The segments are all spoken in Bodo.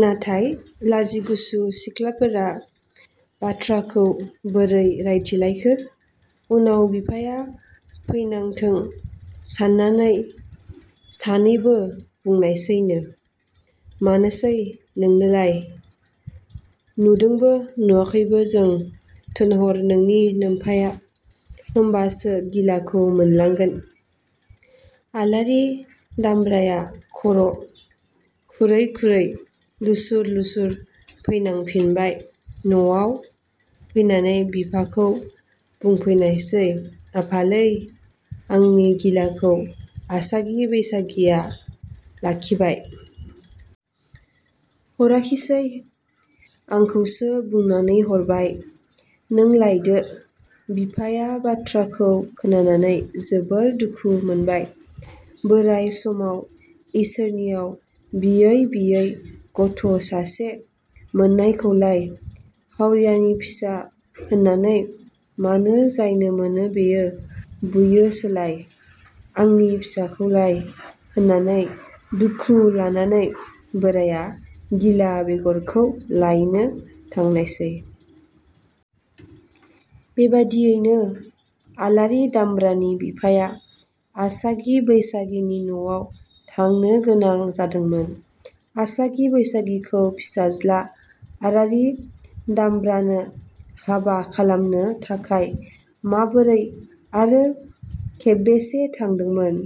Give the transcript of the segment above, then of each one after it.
नाथाय लाजिगुसु सिख्लाफोरा बाथ्राखौ बोरै रायथिलायखो? उनाव बिफाया फैनांथों साननानै सानैबो बुंनायसैनो – मानोसै नोंनोलाय? नुदोंबो नुवाखैबो जों। थोनहर नोंनि नोमफाया; होमबासो गिलाखौ मोनलांगोन। आलारि दामब्राया खर' खुरै खुरै लुसुर लुसुर फैनांफिनबाय। नआव फैनानै बिफाखौ बुंफैनायसै- आफालै, आंनि गिलाखौ आसागि बैसागिया लाखिबाय। हराखिसै। आंखौसो बुनानै हरबाय। नों लायदो। बिफाया बाथ्राखौ खोनानानै जोबोर दुखु मोनबाय। "बोराइ समाव इसोरनियाव बियै बियै गथ' सासे मोननायखौलाय हावरियानि फिसा होननानै मानो जायनो मोनो बियो बुयोसोलाय आंनि फिसाखौलाय" होननानै दुखु लानानै बोराइया गिला बेगरखौ लायनो थांनायससै। बेबादियैनो आलारि दामब्रानि बिफाया आसागि बैसागिनि न'आव थांनोगोनां जादोंमोन।. आसागि-बैसागिखौ फिसाज्ला आलारि दामब्रानो हाबा खालामनो थाखाय माबोरै आरो खेबबेसे थांदोंमोन?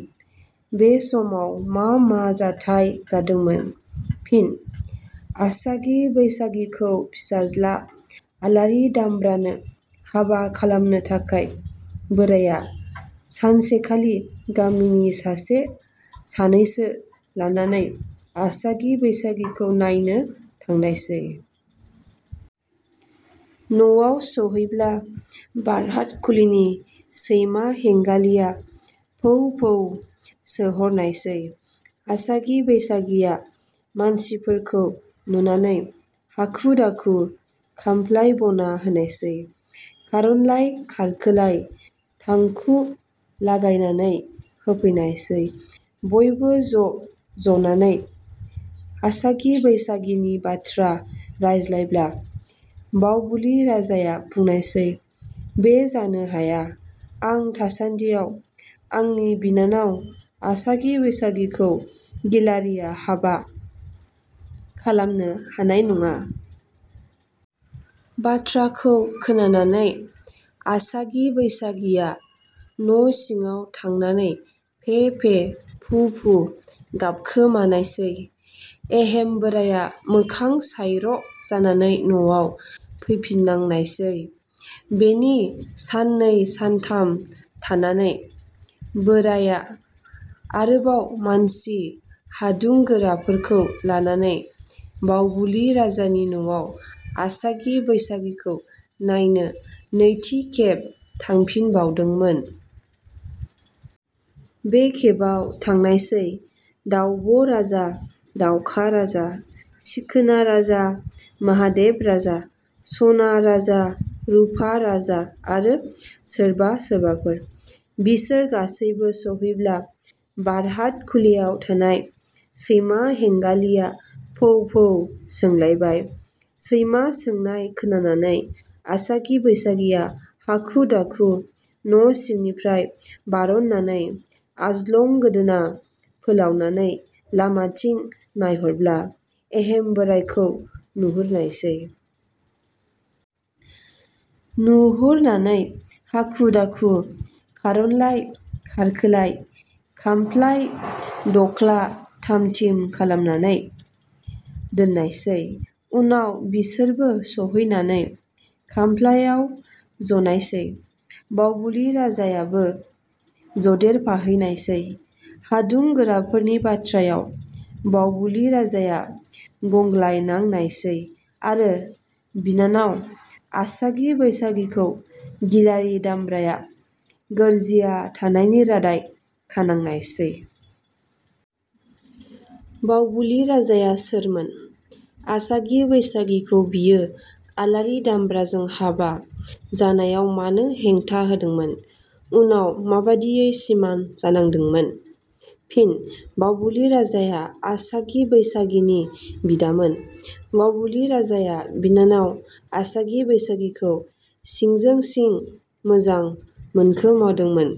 बे समाव मा मा जाथाइ जादोंमोन? फिन: आसागि बैसागिखौ फिसाज्ला आलारि दामब्रानो हाबा खालामनो थाखाय बोराया सानसेखालि गामिनि सासे सानैसो लानानै आसागि बैसागिखौ नायनो थांनायसै। न'आव सहैब्ला बार'हात खुलिनि सैमा हेंगालिया फौ फौ सोहरनायसै। आसागि बैसागिया मानसिफोरखौ नुनानै हाखु दाखु खामफ्लाइ बना होनायसै। खारनलाय खारखोलाय थांखु लागायनानै होफैनायसै। बयबो ज' जनानै आसागि बैसागिनि बाथ्रा रायज्लायब्ला बावबुलि राजाया बुंनायसै- बे जानो हाया, आं थासानदियाव आंनि बिनानाव आसागि बैसागिखौ गिलारिया हाबाआ खालामनो हानाय नडा। बाथ्राखौ खोनानानै आसागि बैसागिया न' सिडाव थांनानै फे-फे, फु-फु गाबखोमानायसै। एहेम बोराइया मोखां सायर' जानानै नआव फैफिननांनायसै। बेनि साननै सानथाम थानानै बोराइया अरोबाव मानसि हादुंगोराफोरखौ लानानै बावबुलि राजानि न'आव आसागि बैसागिखौ नायनो नैथि खेब थांफिनबावदोंमोन। बे खेबाव थांनायसै दाउब' राजा, दाउखा राजा, सिखोना राजा, माहादेब राजा, स'ना राजा, रुफा राजा आरो सोरबा सोरबाफोर। बिसोर गासैबो सहैब्ला बार'हात खुलियाव थानाय सैमा हेंगालिया फौ फौ सोंलायबाय। सैमा सोंनाय खोनानानै आसागि बैसागिया हाखु दाखु न' सिंनिफ्राय बार'ननानै आजलं गोदोना फोलाउनानै लामाथिं नायहरब्ला एहेम बोराइखौ नुहरनायसै। नुहरनानै हाखु-दाखु खारनलाय खारखोलाय खामफ्लाइ दखला थाम थिम खालायनानै दोननायसै। उनाव बिसोरबो सहैनानै खामफ्लाइयाव जनायसै। बावबुलि राजायाबो जदेरफाहैनायसै। हादुं गोराफोरनि बाथ्रायाव बावबुलि राजाया गंग्लायनांनायसै आरो बिनानाव आसागि बैसागिखौ गिलारि दामब्राया गोरजिया थानायनि रादाय खानांनायसै।. बावबुलि राजाया सोरमोन? आसागि-बैसागिखौ बियो आलारि दामब्राजों हाबा जानायाव मानो हेंथा होदोंमोन? उनाव माबादियै सिमान जानांदोंमोन? फिनः बावबुलि राजाया आसागि बैसागिनि बिदामोन। बावबुलि राजाया बिनानावा आसागि बैसागिखौ सिंजों सिं मोजां मोनखौमादोंमोन।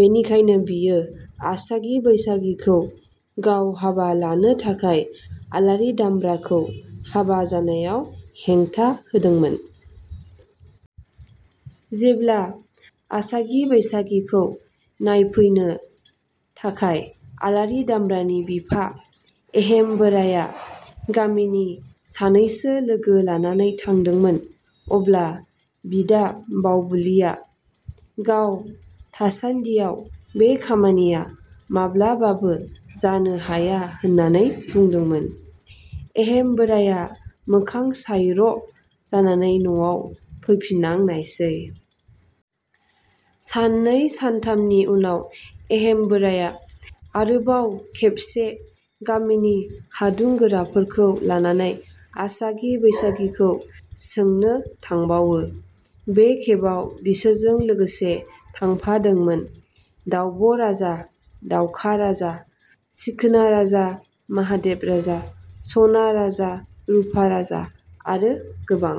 बेनिखायनो बियो आसागि बैसागिखौ गाव हाबा लानो थाखाय आलारि दामब्राखौ हाबा जानायाव हेंथा होदोंमोन। जेब्ला आसागि बैसागिखौ नायफैनो थाखाय आलारि दामब्रानि बिफा एहेम बोराइया गामिनि सानैसो लोगो लानानै थांदोंमोन अब्ला बिदा बावबुलिया गाव थासानदियाव बे खामानिया माब्लाबाबो जानो हाया होननानै बुंदोंमोन। एहेम बोराइया मोखां सायर' जानानै नआव फैफिननांनायसै। साननै सानथामनि उनाव एहेम बोराया आरोबाव खेबसे गामिनि हादुंगोराफोरखौ लानानै आसागि बैसागिखौ सोंनो थांबावो। बे खेबाव बिसोरजों लोगोसे थांफादोंमोन दाउब' राजा, दाउखा राजा, सिखोना राजा, महादेब राजा, सना राजा, रुफा राजा, आरो गोबां।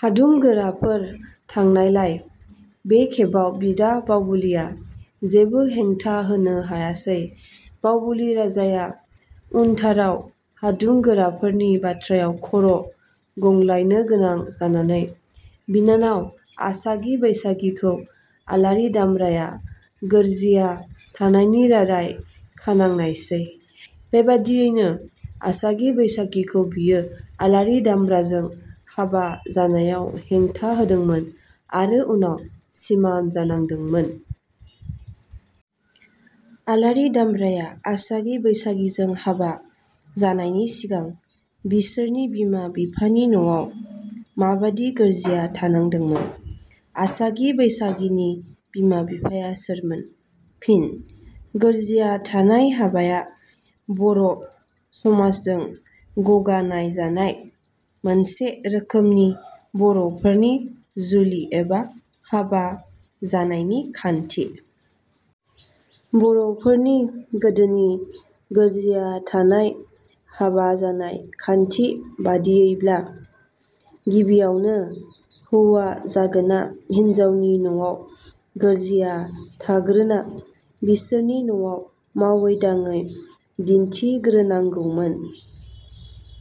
हादुंगोराफोर थांनायलाय बे खेबाव बिदा बावबुलिया जेबो हेंथा होनो हायासै। बावबुलि राजाया उनथाराव हादुंगोरानि बाथ्रायाव खर' गंग्लायनो गोनां जानानै बिनानाव आसागि बैसागिखौ आलारि दामब्राया गोरजिया थानायनि रादाय खानांनायसै। बेबादियैनो आसागि-बैसागिखौ बियो आलारि दामब्राजों हाबा जानायाव हेंथा होदोंमोन आरो उनाव सिमान जानांदोंमोन।. आलारि दामब्राया आसागि- बैसागिजों हाबा जानायनि सिगां बिसोरनि बिमा बिफानि नआव माबादि गोरजिया थानांदोंमोन? आसागि बैसागिनि बिमा-बिफाया सोरमोन? फिनः गोरजिया थानाय हाबाया बर' समाज जों गगानायजानाय मोनसे रोखोमनि बर'फोरनि जुलि एबा हाबा जानायनि खान्थि। बर'फोरनि गोदोनि गोरजिया थानाय हाबा जानाय खान्थि बादियैब्ला गिबियावनो हौवा जागोना हिनजावनि नवाव गोरजिया थाग्रोना बिसोरनि नवाव मावै-दाङै दिन्थिग्रोनांगौमोन।